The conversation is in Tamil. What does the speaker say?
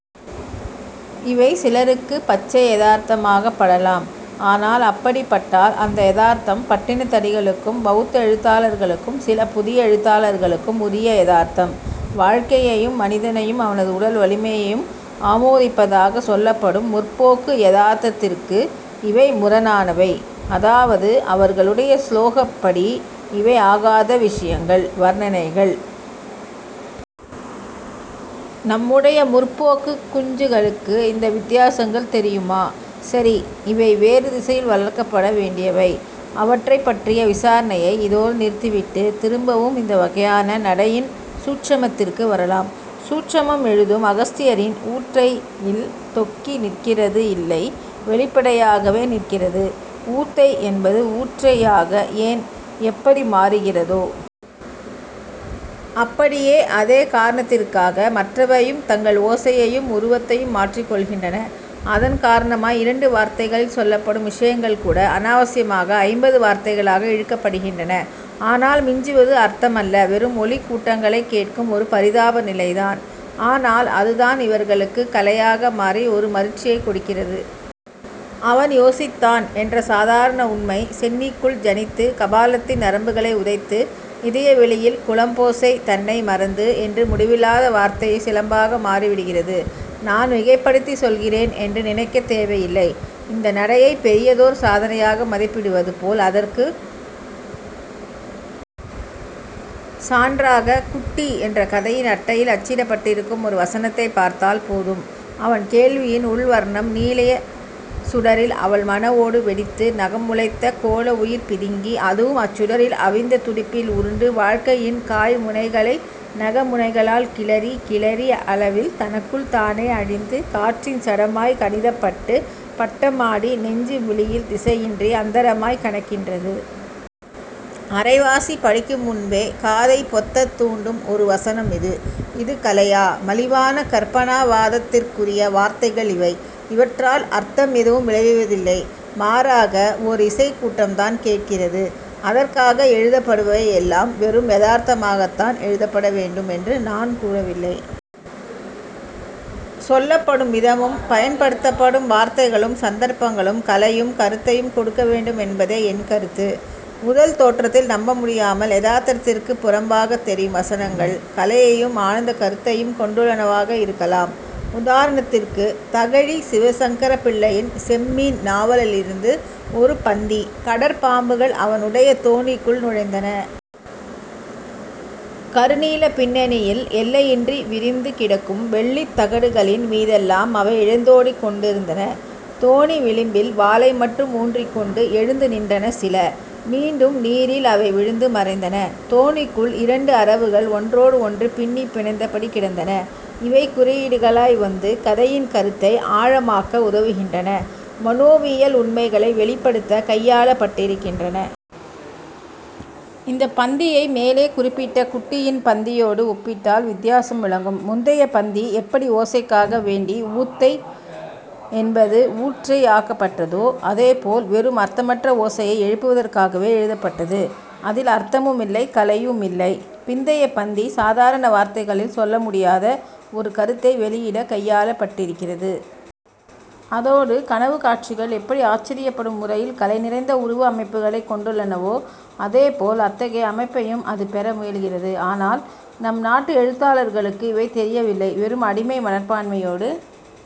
இவை சிலருக்குப் பச்சை யதார்த்தமாகப் படலாம். ஆனால் அப்படிப் பட்டால், அந்த யதார்த்தம் பட்டினத்தடிகளுக்கும் பௌத்த எழுத்தாளர்களுக்கும் சில புதிய எழுத்தாளர்களுக்கும் உரிய யதார்த்தம். வாழ்க்கையையும் மனிதனையும் அவனது உடல் வலிமையையும் ஆமோதிப்பதாகச் சொல்லப்படும் 'முற்போக்கு' யதார்த்தத்திற்கு இவை முரணானவை. அதாவது அவர்களுடைய சுலோகப்படி இவை ஆகாத விஷயங்கள், வர்ணனைகள். நம்முடைய முற்போக்குக் குஞ்சுகளுக்கு இந்த வித்தியாசங்கள் தெரியுமா? சரி, இவை வேறு திசையில் வளர்க்கப்பட வேண்டியவை. அவற்றைப் பற்றிய விசாரணையை இதோடு நிறுத்திவிட்டு, திரும்பவும் இந்த வகையான நடையின் 'சூட்சுமத்திற்கு' வரலாம். 'சூட்சுமம்' முழுதும் அகஸ்தியரின் 'ஊற்றை'யில் தொக்கி நிற்கிறது இல்லை, வெளிப்படையாகவே நிற்கிறது. 'ஊத்தை' என்பது 'ஊற்றை'யாக ஏன், எப்படி மாறுகிறதோ... அப்படியே, அதே காரணத்திற்காக மற்றவையும் தங்கள் ஓசையையும் உருவத்தையும் மாற்றிக்கொள்கின்றன. அதன் காரணமாய் இரண்டு வார்த்தைகளில் சொல்லப்படும் விஷயங்கள்கூட அனாவசியமாக ஐம்பது வார்த்தைகளாக இழுக்கப்படுகின்றன. ஆனால் மிஞ்சுவது அர்த்தமல்ல வெறும் ஒலிக் கூட்டங்களைக் கேட்கும் ஒரு பரிதாப நிலைதான். ஆனால் அதுதான் இவர்களுக்குக் கலையாக மாறி ஒரு மருட்சியைக் கொடுக்கிறது. 'அவன் யோசித்தான்' என்ற சாதாரண உண்மை, சென்னிக்குள் ஜனித்து, கபாலத்தின் நரம்புகளை உதைத்து, இதய வெளியில் குளம்போசை தன்னை மறந்து. என்று முடிவில்லாத வார்த்தைச் சிலம்பாக மாறிவிடுகிறது. நான் மிகைப்படுத்திச் சொல்கிறேன் என்று நினைக்கத் தேவையில்லை. இந்த நடையைப் பெரியதோர் சாதனையாக மதிப்பிடுவது போல், அதற்குச் சான்றாக 'குட்டி' என்ற கதையின் அட்டையில் அச்சிடப்பட்டிருக்கும் ஒரு வசனத்தைப் பார்த்தால் போதும்: அவன் கேள்வியின் உள் வர்ணம் நீளிய சுடரில் அவள் மன ஓடு வெடித்து, நகம் முளைத்த கோள உயிர் பிதுங்கி, அதுவும் அச்சுடரில் அவிந்த துடிப்பில் உருண்டு, வாழ்க்கையின் காய் முனைகளை நக முனைகளால் கிளறி, கிளறி அளவில் தனக்குள் தானே அழிந்து, காற்றின் சடமாய்க் கணதிப்பட்டு, பட்டம் ஆடி நெஞ்சு வெளியில் திசையின்றி அந்தரமாய்க் கனக்கின்றது. அரைவாசி படிக்கும் முன்பே காதைப் பொத்தத் தூண்டும் ஒரு வசனம் இது. இது கலையா? மலிவான கற்பனாவாதத்திற்குரிய வார்த்தைகள் இவை. இவற்றால் அர்த்தம் எதுவும் விளைவதில்லை. மாறாக, ஓர் இசைக் கூட்டம்தான் கேட்கிறது. அதற்காக எழுதப்படுபவை எல்லாம் வெறும் 'யதார்த்தமாகத்தான்' எழுதப்பட வேண்டும் என்று நான் கூறவில்லை. சொல்லப்படும் விதமும், பயன்படுத்தப்படும் வார்த்தைகளும், சந்தர்ப்பங்களும் கலையையும் கருத்தையும் கொடுக்க வேண்டும் என்பதே என் கருத்து. முதல் தோற்றத்தில் நம்ப முடியாமல் யதார்த்தத்திற்குப் புறம்பாகத் தெரியும் வசனங்கள், கலையையும் ஆழ்ந்த கருத்தையும் கொண்டுள்ளனவாக இருக்கலாம். உதாரணத்திற்குத் தகழி சிவசங்கரப் பிள்ளையின் 'செம்மீன்' நாவலிலிருந்து ஒரு பந்தி: கடற்பாம்புகள் அவனுடைய தோணிக்குள் நுழைந்தன. கருநீலப் பின்னணியில் எல்லையின்றி விரிந்து கிடக்கும் வெள்ளித் தகடுகளின் மீதெல்லாம் அவை இழைந்தோடிக்கொண்டிருந்தன. தோணி விளிம்பில் வாலை மட்டும் ஊன்றிக்கொண்டு எழுந்து நின்றன சில. மீண்டும் நீரில் அவை விழுந்து மறைந்தன. தோணிக்குள் இரண்டு அரவுகள் ஒன்றோடு ஒன்று பின்னிப் பிணைந்தபடி கிடந்தன. இவை குறியீடுகளாய் வந்து கதையின் கருத்தை ஆழமாக்க உதவுகின்றன மனோவியல் உண்மைகளை வெளிப்படுத்தக் கையாளப்பட்டிருக்கின்றன. இந்தப் பந்தியை மேலே குறிப்பிட்ட 'குட்டி'யின் பந்தியோடு ஒப்பிட்டால் வித்தியாசம் விளங்கும். முந்தைய பந்தி, எப்படி ஓசைக்காக வேண்டி 'ஊத்தை' என்பது 'ஊற்றை'யாக்கப்பட்டதோ, அதே போல் வெறும் அர்த்தமற்ற ஓசையை எழுப்புவதற்காகவே எழுதப்பட்டது. அதில் அர்த்தமும் இல்லை, கலையும் இல்லை. பிந்தைய பந்தி சாதாரண வார்த்தைகளில் சொல்ல முடியாத ஒரு கருத்தை வெளியிடக் கையாளப்பட்டிருக்கிறது. அதோடு கனவுக் காட்சிகள் எப்படி ஆச்சரியப்படும் முறையில் கலை நிறைந்த உருவ அமைப்புகளைக் கொண்டுள்ளனவோ, அதே போல் அத்தகைய அமைப்பையும் அது பெற முயல்கிறது. ஆனால் நம் நாட்டு எழுத்தாளர்களுக்கு இவை தெரியவில்லை வெறும் அடிமை மனப்பான்மையோடு